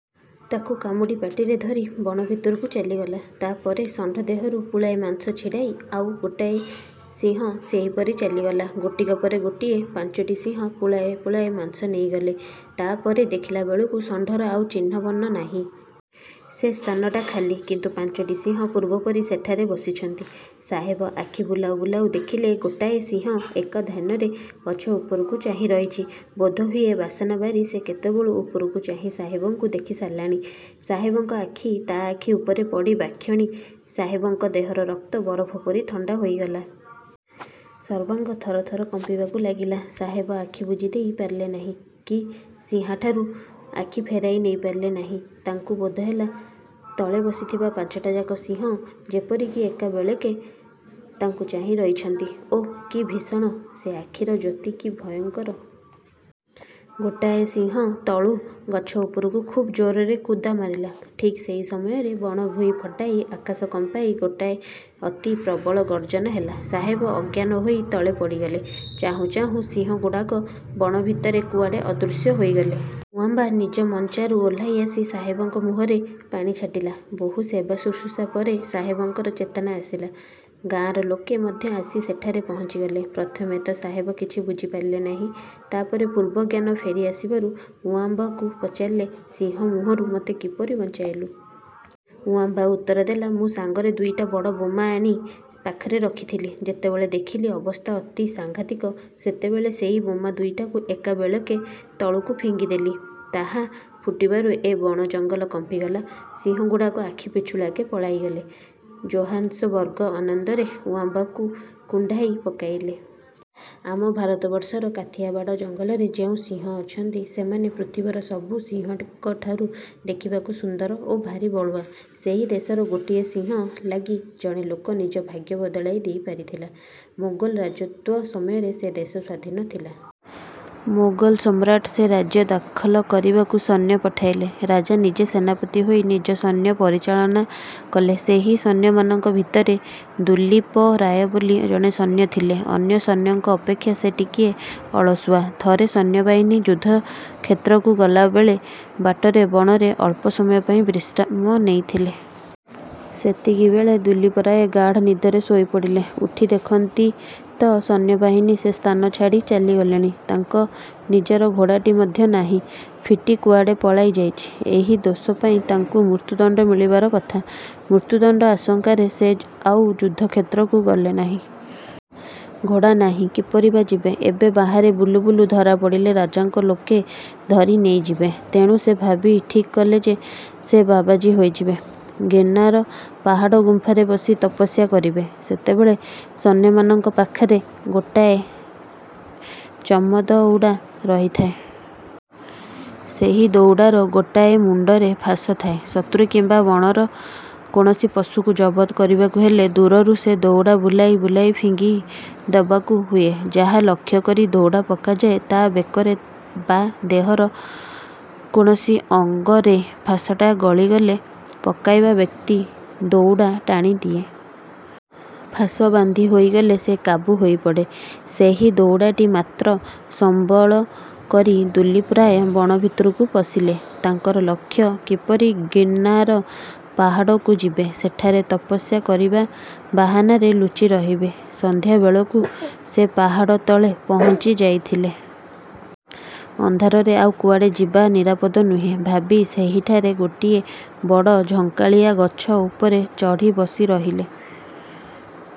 ତାକୁ କାମୁଡ଼ି ପାଟିରେ ଧରି ବଣ ଭିତରକୁ ଚାଲିଗଲା। ତା'ପରେ ଷଣ୍ଢ ଦେହରୁ ପୁଳାଏ ମାଂସ ଛିଡ଼ାଇ ଆଉ ଗୋଟାଏ ସିଂହ ସେହିପରି ଚାଲିଗଲା। ଗୋଟିକ ପରେ ଗୋଟିଏ ପାଞ୍ଚୋଟି ସିଂହ ପୁଳାଏ ପୁଳାଏ ମାଂସ ନେଇଗଲେ। ତା'ପରେ ଦେଖିଲାବେଳକୁ ଷଣ୍ଢର ଆଉ ଚିହ୍ନ ବର୍ଣ୍ଣ ନାହିଁ। ସେ ସ୍ଥାନଟା ଖାଲି। କିନ୍ତୁ ପାଞ୍ଚୋଟି ସିଂହ ପୂର୍ବ ପରି ସେଠାରେ ବସିଛନ୍ତି। ସାହେବ ଆଖି ବୁଲାଉ ବୁଲାଉ ଦେଖିଲେ, ଗୋଟାଏ ସିଂହ ଏକଧ୍ୟାନରେ ଗଛ ଉପରକୁ ଚାହିଁରହିଛି। ବୋଧହୁଏ ବାସନା ବାରି ସେ କେତେବେଳୁ ଉପରକୁ ଚାହିଁ ସାହେବଙ୍କୁ ଦେଖିସାରିଲାଣି। ସାହେବଙ୍କ ଆଖି ତା' ଆଖି ଉପରେ ପଡ଼ିବାକ୍ଷଣି ସାହେବଙ୍କ ଦେହର ରକ୍ତ ବରଫ ପରି ଥଣ୍ଡା ହୋଇଗଲା। ସର୍ବାଙ୍ଗ ଥରଥର କମ୍ପିବାକୁ ଲାଗିଲା। ସାହେବ ଆଖି ବୁଜିଦେଇ ପାରିଲେ ନାହିଁ କି ସିଂହାଠାରୁ ଆଖି ଫେରାଇ ନେଇପାରିଲେ ନାହିଁ। ତାଙ୍କୁ ବୋଧହେଲା-ତଳେ ବସିଥିବା ପାଞ୍ଚଟାଯାକ ସିଂହ ଯେପରି କି ଏକାବେଳକେ ତାଙ୍କୁ ଚାହିଁ ରହିଛନ୍ତି। ଓଃ, କି ଭୀଷଣ! ସେ ଆଖିର ଜ୍ୟୋତି କି ଭୟଙ୍କର! ଗୋଟାଏ ସିଂହ ତଳୁ ଗଛ ଉପରକୁ ଖୁବ୍ ଜୋରରେ କୁଦାମାରିଲା। ଠିକ୍ ସେହି ସମୟରେ ବଣ ଭୂଇଁ ଫଟାଇ, ଆକାଶ କମ୍ପାଇ ଗୋଟାଏ ଅତି ପ୍ରବଳ ଗର୍ଜନ ହେଲା। ସାହେବ ଅଜ୍ଞାନ ହୋଇ ତଳେ ପଡ଼ିଗଲେ। ଚାହୁଁ ଚାହୁଁ ସିଂହଗୁଡ଼ାକ ବଣ ଭିତରେ କୁଆଡ଼େ ଅଦୃଶ୍ୟ ହୋଇଗଲେ। ଉଆମ୍ବା ନିଜ ମଞ୍ଚାରୁ ଓହ୍ଲାଇ ଆସି ସାହେବଙ୍କ ମୁହଁରେ ପାଣି ଛାଟିଲା। ବହୁ ସେବାଶୁଶ୍ରୁଷା ପରେ ସାହେବଙ୍କର ଚେତନା ଆସିଲା। ଗାଆଁର ଲୋକେ ମଧ୍ୟ ଆସି ସେଠାରେ ପହଞ୍ଚିଗଲେ। ପ୍ରଥମେ ତ ସାହେବ କିଛି ବୁଝିପାରିଲେ ନାହିଁ। ତା'ପରେ ପୂର୍ବ ଜ୍ଞାନ ଫେରି ଆସିବାରୁ ଉଆମ୍ବାକୁ ପଚାରିଲେ, ''ସିଂହ ମୁହଁରୁ ମୋତେ କିପରି ବଞ୍ଚାଇଲୁ? '' ଉଆମ୍ବା ଉତ୍ତର ଦେଲା ''ମୁଁ ସାଙ୍ଗରେ ଦୁଇଟା ବଡ଼ ବୋମା ଆଣି ପାଖରେ ରଖିଥିଲି। ଯେତେବେଳେ ଦେଖିଲି, ଅବସ୍ଥା ଅତି ସାଙ୍ଘାତିକ, ସେତେବେଳେ ସେଇ ବୋମା ଦୁଇଟାକୁ ଏକାବେଳକେ ତଳକୁ ଫିଙ୍ଗିଦେଲି। ତାହା ଫୁଟିବାରୁ ଏ ବଣଜଙ୍ଗଲ କମ୍ପିଗଲା। ସିଂହଗୁଡ଼ାକ ଆଖିପିଛୁଳାକେ ପଳାଇଗଲେ। '' ଜୋହାନ୍ସବର୍ଗ ଆନନ୍ଦରେ ଉଆମ୍ବାକୁ କୁଣ୍ଢାଇ ପକାଇଲେ। ଆମ ଭାରତବର୍ଷର କାଥିଆବାଡ଼ ଜଙ୍ଗଲରେ ଯେଉଁ ସିଂହ ଅଛନ୍ତି, ସେମାନେ ପୃଥିବୀର ସବୁ ସିଂହଙ୍କଠାରୁ ଦେଖିବାକୁ ସୁନ୍ଦର ଓ ଭାରି ବଳୁଆ। ସେହି ଦେଶର ଗୋଟିଏ ସିଂହ ଲାଗି ଜଣେ ଲୋକ ନିଜ ଭାଗ୍ୟ ବଦଳାଇ ଦେଇ ପାରିଥିଲା। ମୋଗଲ ରାଜତ୍ୱ ସମୟରେ ସେ ଦେଶ ସ୍ୱାଧୀନ ଥିଲା। ମୋଗଲସମ୍ରାଟ ସେ ରାଜ୍ୟ ଦଖଲ କରିବାକୁ ସୈନ୍ୟ ପଠାଇଲେ। ରାଜା ନିଜେ ସେନାପତି ହୋଇ ନିଜ ସୈନ୍ୟ ପରିଚାଳନା କଲେ। ସେହି ସୈନ୍ୟମାନଙ୍କ ଭିତରେ ଦୁଲୀପ ରାୟ ବୋଲି ଜଣେ ସୈନ୍ୟ ଥିଲେ। ଅନ୍ୟ ସୈନ୍ୟଙ୍କ ଅପେକ୍ଷା ସେ ଟିକିଏ ଅଳସୁଆ। ଥରେ ସୈନ୍ୟବାହିନୀ ଯୁଦ୍ଧକ୍ଷେତ୍ରକୁ ଗଲାବେଳେ ବାଟରେ ବଣରେ ଅଳ୍ପ ସମୟ ପାଇଁ ବିଶ୍ରାମ ନେଇଥିଲେ। ସେତିକିବେଳେ ଦୁଲୀପ ରାୟ ଗାଢ଼ ନିଦରେ ଶୋଇପଡ଼ିଲେ। ଉଠି ଦେଖନ୍ତି ତ, ସୈନ୍ୟବାହିନୀ ସେ ସ୍ଥାନ ଛାଡ଼ି ଚାଲିଗଲେଣି। ତାଙ୍କ ନିଜର ଘୋଡ଼ାଟି ମଧ୍ୟ ନାହିଁ-ଫିଟି କୁଆଡ଼େ ପଳାଇ ଯାଇଛି। ଏହି ଦୋଷ ପାଇଁ ତାଙ୍କୁ ମୃତ୍ୟୁଦଣ୍ଡ ମିଳିବାର କଥା। ମୃତ୍ୟୁଦଣ୍ଡ ଆଶଙ୍କାରେ ସେ ଆଉ ଯୁଦ୍ଧକ୍ଷେତ୍ରକୁ ଗଲେ ନାହିଁ। ଘୋଡ଼ା ନାହିଁ, କିପରି ବା ଯିବେ? ଏଣେ ବାହାରେ ବୁଲୁ ବୁଲୁ ଧରାପଡ଼ିଲେ ରାଜାଙ୍କ ଲୋକେ ଧରି ନେଇଯିବେ। ତେଣୁ ସେ ଭାବି ଠିକ୍ କଲେ ଯେ, ସେ ବାବାଜୀ ହୋଇଯିବେ; ଗୀର୍ଣ୍ଣାର ପାହାଡ଼ ଗୁମ୍ଫାରେ ବସି ତପସ୍ୟା କରିବେ। ସେତେବେଳେ ସୈନ୍ୟମାନଙ୍କ ପାଖରେ ଗୋଟାଏ ଚମଦଉଡ଼ା ରହିଥାଏ। ସେହି ଦଉଡ଼ାର ଗୋଟାଏ ମୁଣ୍ଡରେ ଫାଶ ଥାଏ। ଶତ୍ରୁ କିମ୍ବା ବଣର କୌଣସି ପଶୁକୁ ଜବତ କରିବାକୁ ହେଲେ, ଦୂରରୁ ସେ ଦଉଡ଼ା ବୁଲାଇ ବୁଲାଇ ଫିଙ୍ଗି ଦେବାକୁ ହୁଏ। ଯାହାକୁ ଲକ୍ଷ୍ୟ କରି ଦଉଡ଼ା ପକାଯାଏ, ତା' ବେକରେ ବା ଦେହର କୌଣସି ଅଙ୍ଗରେ ଫାଶଟା ଗଳିଗଲେ, ପକାଇବା ବ୍ୟକ୍ତି ଦଉଡ଼ା ଟାଣିଦିଏ।। ଫାଶ ବାନ୍ଧି ହୋଇଗଲେ ସେ କାବୁ ହୋଇପଡ଼େ। ସେହି ଦଉଡ଼ାଟି ମାତ୍ର ସମ୍ବଳ କରି ଦୁଲୀପ ରାୟ ବଣ ଭିତରକୁ ପଶିଲେ। ତାଙ୍କର ଲକ୍ଷ୍ୟ, କିପରି ଗୀର୍ଣ୍ଣାର ପାହାଡ଼କୁ ଯିବେ। ସେଠାରେ ତପସ୍ୟା କରିବା ବାହାନାରେ ଲୁଚି ରହିବେ-। ସନ୍ଧ୍ୟାବେଳକୁ ସେ ପାହାଡ଼ ତଳେ ପହଞ୍ଚି ଯାଇଥିଲେ। ଅନ୍ଧାରରେ ଆଉ କୁଆଡ଼େ ଯିବା ନିରାପଦ ନୁହେଁ ଭାବି ସେହିଠାରେ ଗୋଟିଏ ବଡ଼ ଝଙ୍କାଳିଆ ଗଛ ଉପରେ ଚଢ଼ି ବସି ରହିଲେ।